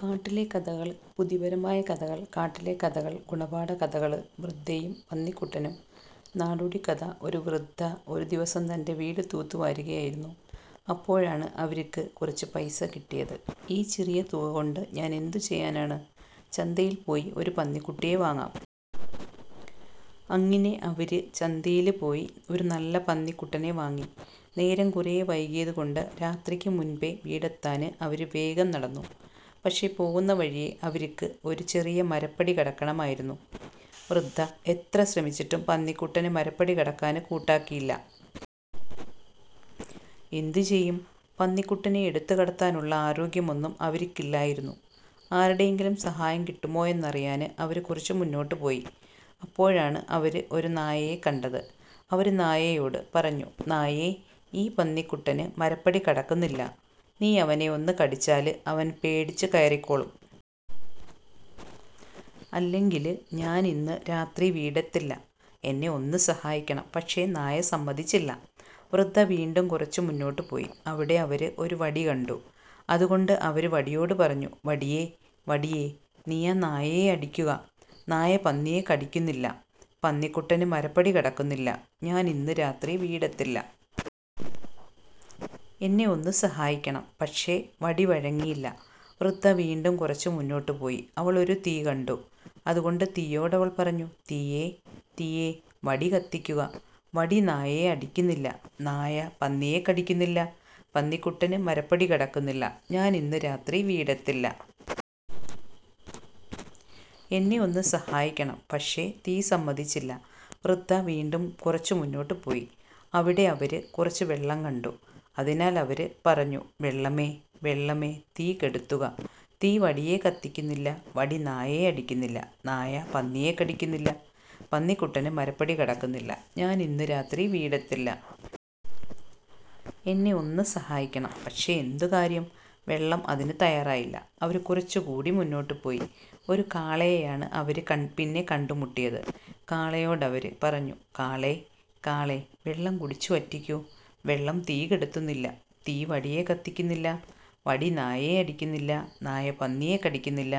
കാട്ടിലെ കഥകള് ബുദ്ധിപരമായ കഥകൾ കാട്ടിലെ കഥകള് ഗുണപാഠ കഥകള് വൃദ്ധയും പന്നിക്കുട്ടനും നാടോടിക്കഥ ഒരു വൃദ്ധ ഒരു ദിവസം തന്റെ വീട് തൂത്തുവാരുകയായിരുന്നു. അപ്പോഴാണ് അവര്ക്ക് കുറച്ചു പൈസ കിട്ടിയത്, "ഈ ചെറിയ തുക കൊണ്ട് ഞാൻ എന്തു ചെയ്യാനാണ്? ചന്തയിൽ പോയി ഒരു പന്നിക്കുട്ടിയെ വാങ്ങാം. " അങ്ങിനെ അവര് ചന്തയില് പോയി ഒരു നല്ല പന്നിക്കുട്ടനെ വാങ്ങി. നേരം കുറെ വൈകിയത് കൊണ്ട് രാത്രിക്ക് മുന്പേ വീടെത്താന് അവര് വേഗം നടന്നു. പക്ഷേ പോകുന്ന വഴിയേ അവര്ക്ക് ഒരു ചെറിയ മരപ്പടി കടക്കണമായിരുന്നു. വൃദ്ധ എത്ര ശ്രമിച്ചിട്ടും പന്നിക്കുട്ടന് മരപ്പടി കടക്കാന് കൂട്ടാക്കിയില്ല. എന്തു ചെയ്യും? പന്നിക്കുട്ടനെ എടുത്തു കടത്താനുള്ള ആരോഗ്യമൊന്നും അവര്ക്കില്ലായിരുന്നു. ആരുടെയെങ്കിലും സഹായം കിട്ടുമോയെന്നറിയാന് അവര് കുറച്ച് മുന്നോട്ട് പോയി. അപ്പോഴാണ് അവര് ഒരു നായയെ കണ്ടത്. അവര് നായയോട് പറഞ്ഞു: "നായേ! ഈ പന്നിക്കുട്ടന് മരപ്പടി കടക്കുന്നില്ല. നീ അവനെ ഒന്നു കടിച്ചാല് അവന് പേടിച്ച് കയറിക്കോളും. അല്ലെങ്കില് ഞാൻ ഇന്ന് രാത്രി വീടെത്തില്ല. എന്നെ ഒന്നു സഹായിക്കണം! " പക്ഷേ നായ സമ്മതിച്ചില്ല. വൃദ്ധ വീണ്ടും കുറച്ച് മുന്നോട്ട് പോയി. അവിടെ അവര് ഒരു വടി കണ്ടു. അതുകൊണ്ട് അവര് വടിയോട് പറഞ്ഞു: "വടിയേ! വടിയേ! നീയാ നായയെ അടിക്കുക! നായ പന്നിയെ കടിക്കുന്നില്ല; പന്നിക്കുട്ടന് മരപ്പടി കടക്കുന്നില്ല; ഞാൻ ഇന്ന് രാത്രി വീടെത്തില്ല. എന്നെ ഒന്നു സഹായിക്കണം! " പക്ഷേ വടി വഴങ്ങിയില്ല. വൃദ്ധ വീണ്ടും കുറച്ച് മുന്നോട്ട് പോയി. അവൾ ഒരു തീ കണ്ടു. അതുകൊണ്ട് തീയോട് അവൾ പറഞ്ഞു: "തീയേ! തീയേ! വടി കത്തിക്കുക; വടി നായയെ അടിക്കുന്നില്ല; നായ പന്നിയെ കടിക്കുന്നില്ല; പന്നിക്കുട്ടന് മരപ്പടി കടക്കുന്നില്ല; ഞാൻ ഇന്ന് രാത്രി വീടെത്തില്ല. എന്നെ ഒന്നു സഹായിക്കണം! ". പക്ഷേ തീ സമ്മതിച്ചില്ല. വൃദ്ധ വീണ്ടും കുറച്ച് മുന്നോട്ട് പോയി. അവിടെ അവര് കുറച്ച് വെള്ളം കണ്ടു. അതിനാൽ അവര് പറഞ്ഞു: "വെള്ളമേ, വെള്ളമേ! തീ കെടുത്തുക; തീ വടിയേ കത്തിക്കുന്നില്ല; വടി നായയെ അടിക്കുന്നില്ല; നായ പന്നിയെ കടിക്കുന്നില്ല; പന്നിക്കുട്ടന് മരപ്പടി കടക്കുന്നില്ല; ഞാൻ ഇന്ന് രാത്രി വീടെത്തില്ല. എന്നെ ഒന്നു സഹായിക്കണം! " പക്ഷേ എന്തു കാര്യം, വെള്ളം അതിന് തയ്യാറായില്ല. അവര് കുറച്ചുകൂടി മുന്നോട്ട് പോയി. ഒരു കാളയെയാണ് അവര് പിന്നെ കണ്ടുമുട്ടിയത്. കാളയോട് അവര് പറഞ്ഞു: "കാളേ! കാളേ! വെള്ളം കുടിച്ചു വറ്റിക്കൂ; വെള്ളം തീ കെടുത്തുന്നില്ല; തീ വടിയേ കത്തിക്കുന്നില്ല; വടി നായയെ അടിക്കുന്നില്ല; നായ പന്നിയെ കടിക്കുന്നില്ല;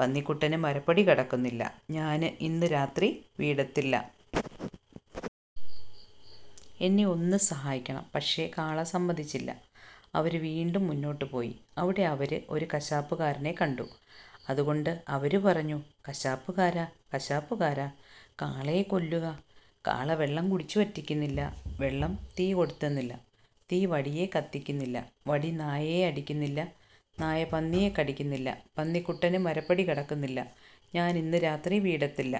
പന്നിക്കുട്ടന് മരപ്പടി കടക്കുന്നില്ല; ഞാൻ ഇന്ന് രാത്രി വീടെത്തില്ല. എന്നെ ഒന്നു സഹായിക്കണം! പക്ഷേ കാള സമ്മതിച്ചില്ല. അവര് വീണ്ടും മുന്നോട്ട് പോയി. അവിടെ അവര് ഒരു കശാപ്പുകാരനെ കണ്ടു. അതുകൊണ്ട് അവര്പറഞ്ഞു: "കശാപ്പുകാരാ! കശാപ്പുകാരാ! കാളയെ കൊല്ലുക; കാള വെള്ളം കുടിച്ചു വറ്റിക്കുന്നില്ല; വെള്ളം തീ കെടുത്തുന്നില്ല; തീ വടിയേ കത്തിക്കുന്നില്ല; വടി നായയെ അടിക്കുന്നില്ല; നായ പന്നിയെ കടിക്കുന്നില്ല; പന്നിക്കുട്ടന് മരപ്പടി കടക്കുന്നില്ല; ഞാൻ ഇന്ന് രാത്രി വീടെത്തില്ല.